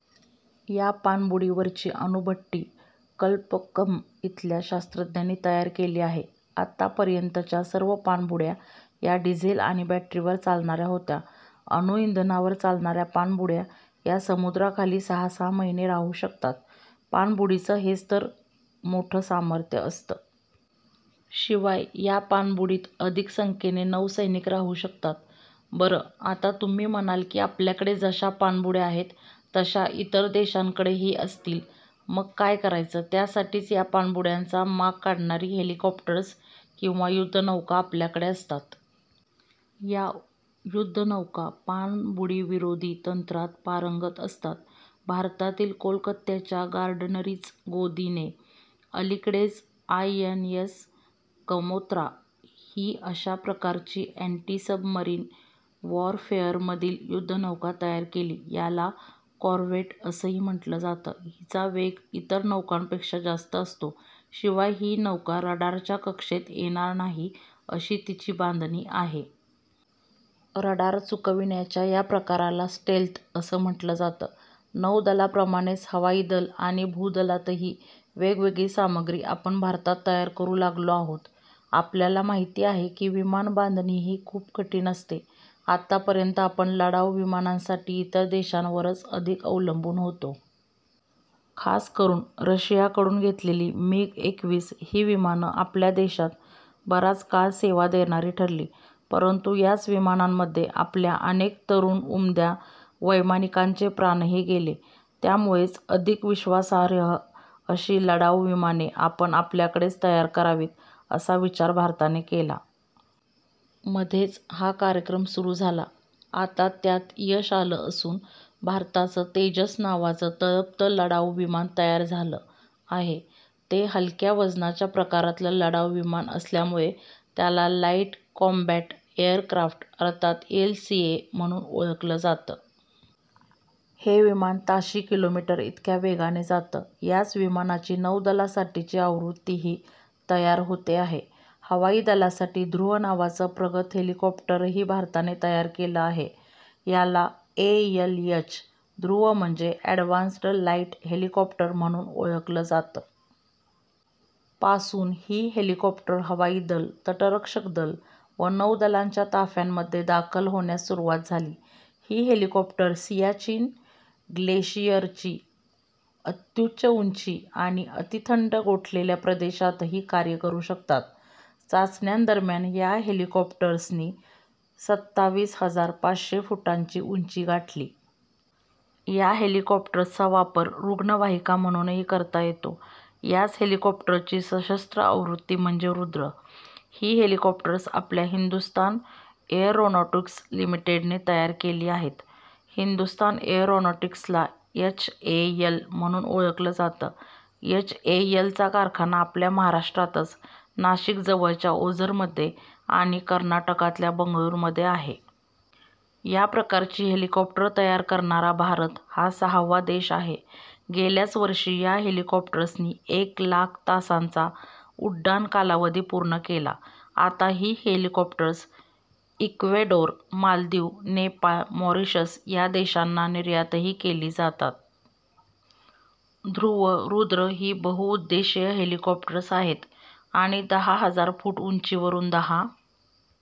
या पाणबुडीवरची अणुभट्टी कल्पक्कम इथल्या शास्त्रज्ञांनी तयार केली आहे. आतापर्यंतच्या सर्व पाणबुड्या या डिझेल आणि बॅटरीवर चालणाऱ्या होत्या. अणुइंधनावर चालणाऱ्या पाणबुड्या या समुद्राखाली सहा-सहा महिने राहू शकतात. पाणबुडीचं हेच तर मोठं सामर्थ्य असतं. शिवाय या पाणबुडीत अधिक संख्येने नौसैनिक राहू शकतात. बरं, आता तुम्ही म्हणाल की आपल्याकडे जशा पाणबुड्या आहेत, तशा इतर देशांकडेही असतील, मग काय करायचं? त्यासाठीच या पाणबुड्यांचा माग काढणारी हेलिकॉप्टर्स किंवा युद्धनौका आपल्याकडे असतात. या युद्धनौका पाणबुडीविरोधी तंत्रात पारंगत असतात. भारतातील कोलकात्याच्या गार्डनरीच गोदीने अलीकडेच आयएनएस कमोत्रा ही अशा प्रकारची एन्टीसबमरीन वॉरफेअरमधील युद्धनौका तयार केली. याला कॉरव्हेट असंही म्हटलं जातं. हिचा वेग इतर नौकांपेक्षा जास्त असतो. शिवाय ही नौका रडारच्या कक्षेत येणार नाही, अशी तिची बांधणी आहे. रडार चुकविण्याच्या या प्रकाराला स्टेल्थ असं म्हटलं जातं. नौदलाप्रमाणेच हवाई दल आणि भूदलातही वेगवेगळी सामग्री आपण भारतात तयार करू लागलो आहोत. आपल्याला माहिती आहे की विमानबांधणीही खूप कठीण असते. आतापर्यंत आपण लढाऊ विमानांसाठी इतर देशांवरच अधिक अवलंबून होतो. खासकरून रशियाकडून घेतलेली मिग एकवीस ही विमानं आपल्या देशात बराच काळ सेवा देणारी ठरली. परंतु याच विमानांमध्ये आपल्या अनेक तरुण उमद्या वैमानिकांचे प्राणही गेले. त्यामुळेच अधिक विश्वासार्ह अशी लढाऊ विमाने आपण आपल्याकडेच तयार करावीत, असा विचार भारताने केला. मध्येच हा कार्यक्रम सुरू झाला. आता त्यात यश आलं असून भारताचं तेजस नावाचं तळपतं लढाऊ विमान तयार झालं आहे. ते हलक्या वजनाच्या प्रकारातलं लढाऊ विमान असल्यामुळे त्याला लाइट कॉम्बॅट एअरक्राफ्ट अर्थात एलसीए म्हणून ओळखलं जातं. हे विमान ताशी किलोमीटर इतक्या वेगाने जातं. याच विमानाची नौदलासाठीची आवृत्तीही तयार होते आहे. हवाई दलासाठी ध्रुव नावाचं प्रगत हेलिकॉप्टरही भारताने तयार केलं आहे. याला एएलएच ध्रुव म्हणजे एडव्हान्स्ड लाइट हेलिकॉप्टर म्हणून ओळखलं जातं. पासून ही हेलिकॉप्टर हवाई दल, तटरक्षक दल व नौदलाच्या ताफ्यांमध्ये दाखल होण्यास सुरुवात झाली. ही हेलिकॉप्टर सियाचीन ग्लेशियरची अत्युच्च उंची आणि अतिथंड गोठलेल्या प्रदेशातही कार्य करू शकतात. चाचण्यांदरम्यान या हेलिकॉप्टर्सनी सत्तावीस हजार पाचशे फुटांची उंची गाठली. या हेलिकॉप्टर्सचा वापर रुग्णवाहिका म्हणूनही करता येतो. याच हेलिकॉप्टरची सशस्त्र आवृत्ती म्हणजे रुद्र. ही हेलिकॉप्टर्स आपल्या हिंदुस्तान एअरोनॉटिक्स लिमिटेडने तयार केली आहेत. हिंदुस्तान एअरोनॉटिक्सला एचएएल म्हणून ओळखलं जातं. एचएएलचा कारखाना आपल्या महाराष्ट्रातच नाशिकजवळच्या ओझरमध्ये आणि कर्नाटकातल्या बंगळुरूमध्ये आहे. या प्रकारची हेलिकॉप्टर तयार करणारा भारत हा सहावा देश आहे. गेल्याच वर्षी या हेलिकॉप्टर्सनी एक लाख तासांचा उड्डाण कालावधी पूर्ण केला. आता ही helicopters Ecuador, Maldives, Nepal, Mauritius या देशांना निर्यातही केली जातात. ध्रुव, रुद्र ही बहुउद्देशीय हेलिकॉप्टर्स आहेत आणि दहा हजार फूट उंचीवरून दहा